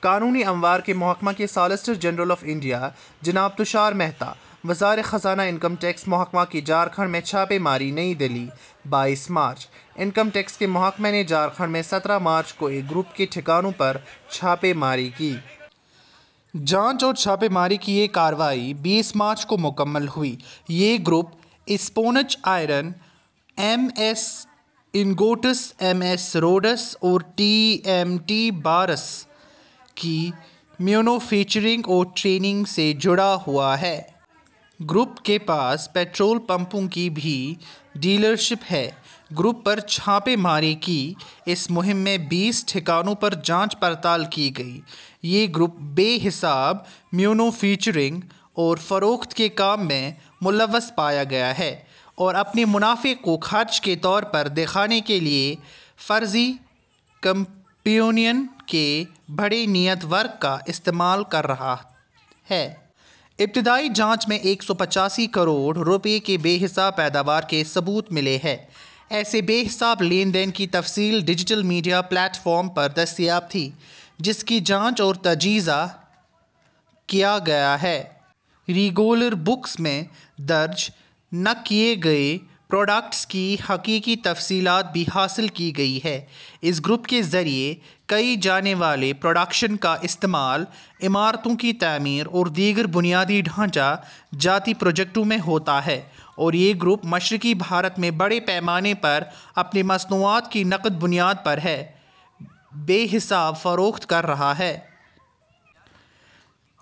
قانونی امور کے محکمے کے سالیسیٹر جنرل آف انڈیا، جناب تشار مہتا،. وزارت خزانہ انکم ٹیکس محکمہ کی جھارکھنڈ میں چھاپے ماری نئی دہلی، بائیس مارچ۔ انکم ٹیکس کے محکمہ نے جھارکھنڈ میں سترہ مارچ کو ایک گروپ کے ٹھکانوں پر چھاپے ماری کی۔ جانچ اور چھاپے ماری کی یہ کارروائی بیس مارچ کو مکمل ہوئی۔ یہ group sponge iron, M S ingots, M S rods اور ٹی ایم ٹی بارس کی مینوفیکچرنگ اور ٹرینڈنگ سے جڑا ہوا ہے۔ گروپ کے پاس پٹرول پمپوں کی بھی ڈیلرشپ ہے۔ گروپ پر چھاپے ماری کی اس مہم میں بیس ٹھکانوں پر جانچ پڑتال کی گئی۔ یہ گروپ بے حساب مینوفیکچرنگ اور فروخت کے کام میں ملوث پایا گیا ہے اور اپنے منافع کو خرچ کے طور پر دکھانے کے لئے فرضی کمپنیوں کے بڑے نیٹ ورک کا استعمال کرتا رہا ہے۔ ابتدائی جانچ میں ایک سو پچاسی کروڑ روپئے کے بے حساب پیداوار کے ثبوت ملے ہیں۔ ایسے بے حساب لین دین کی تفصیل ڈیجیٹل میڈیا پلیٹ فارم پر دستیاب تھی، جس کی جانچ اور تجزیہ کیا گیا۔ ریگولر بکس میں درج نہ کئے گئے پروڈکشن کی حقیقی تفصیلات بھی حاصل کی گئی ہیں۔ اس گروپ کے ذریعے کئے جانے والے پروڈکشن کا استعمال عمارتوں کی تعمیر اور دیگر بنیادی ڈھانچہ جاتی پروجیکٹوں میں ہوتا ہے اور یہ گروپ مشرقی بھارت میں بڑے پیمانے پر اپنی مصنوعات کی نقد بنیاد پر بے حساب فروخت کرتا رہا ہے۔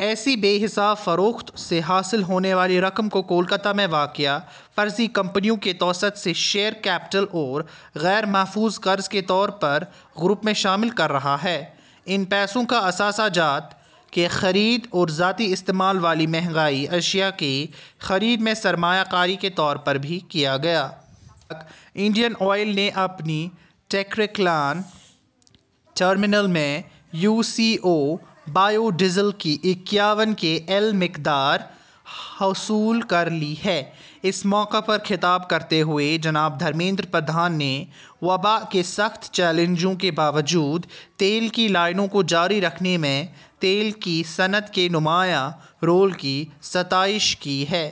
ایسی بے حساب فروخت سے حاصل ہونے والی رقم کو کولکاتہ میں واقع فرضی کمپنیوں کے توسط سے شیئر کیپٹل اور غیرمحفوظ قرض کے طور پر گروپ میں شامل کرتا رہا ہے۔ ان پیسوں کا اثاثہ جات کی خرید اور ذاتی استعمال والی مہنگی اشیاء کی خرید میں سرمایہ کاری کے طور پر بھی کیا گیا۔ تک انڈین آئل نے اپنے ٹیکری کلاں ٹرمینل میں U C O –biodiesel کی اکیاون کے ایل مقدار حصول کرلی ہے۔ اس موقع پر خطاب کرتے ہوئے جناب دھرمیندر پردھان نے، وباء کے سخت چیلنجوں کے باوجود تیل کی لائنوں کو جاری رکھنے میں تیل کی صنعت کے نمایاں رول کی ستائش کی ہے۔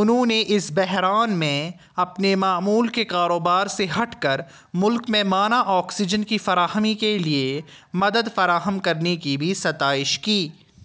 انھوں نے اس بحران میں، اپنے معمول کے کاروبار سے ہٹ کر، ملک میں مانع آکسیجن کی فراہمی کے لئے مدد فراہم کرنے کی بھی ستائش کی۔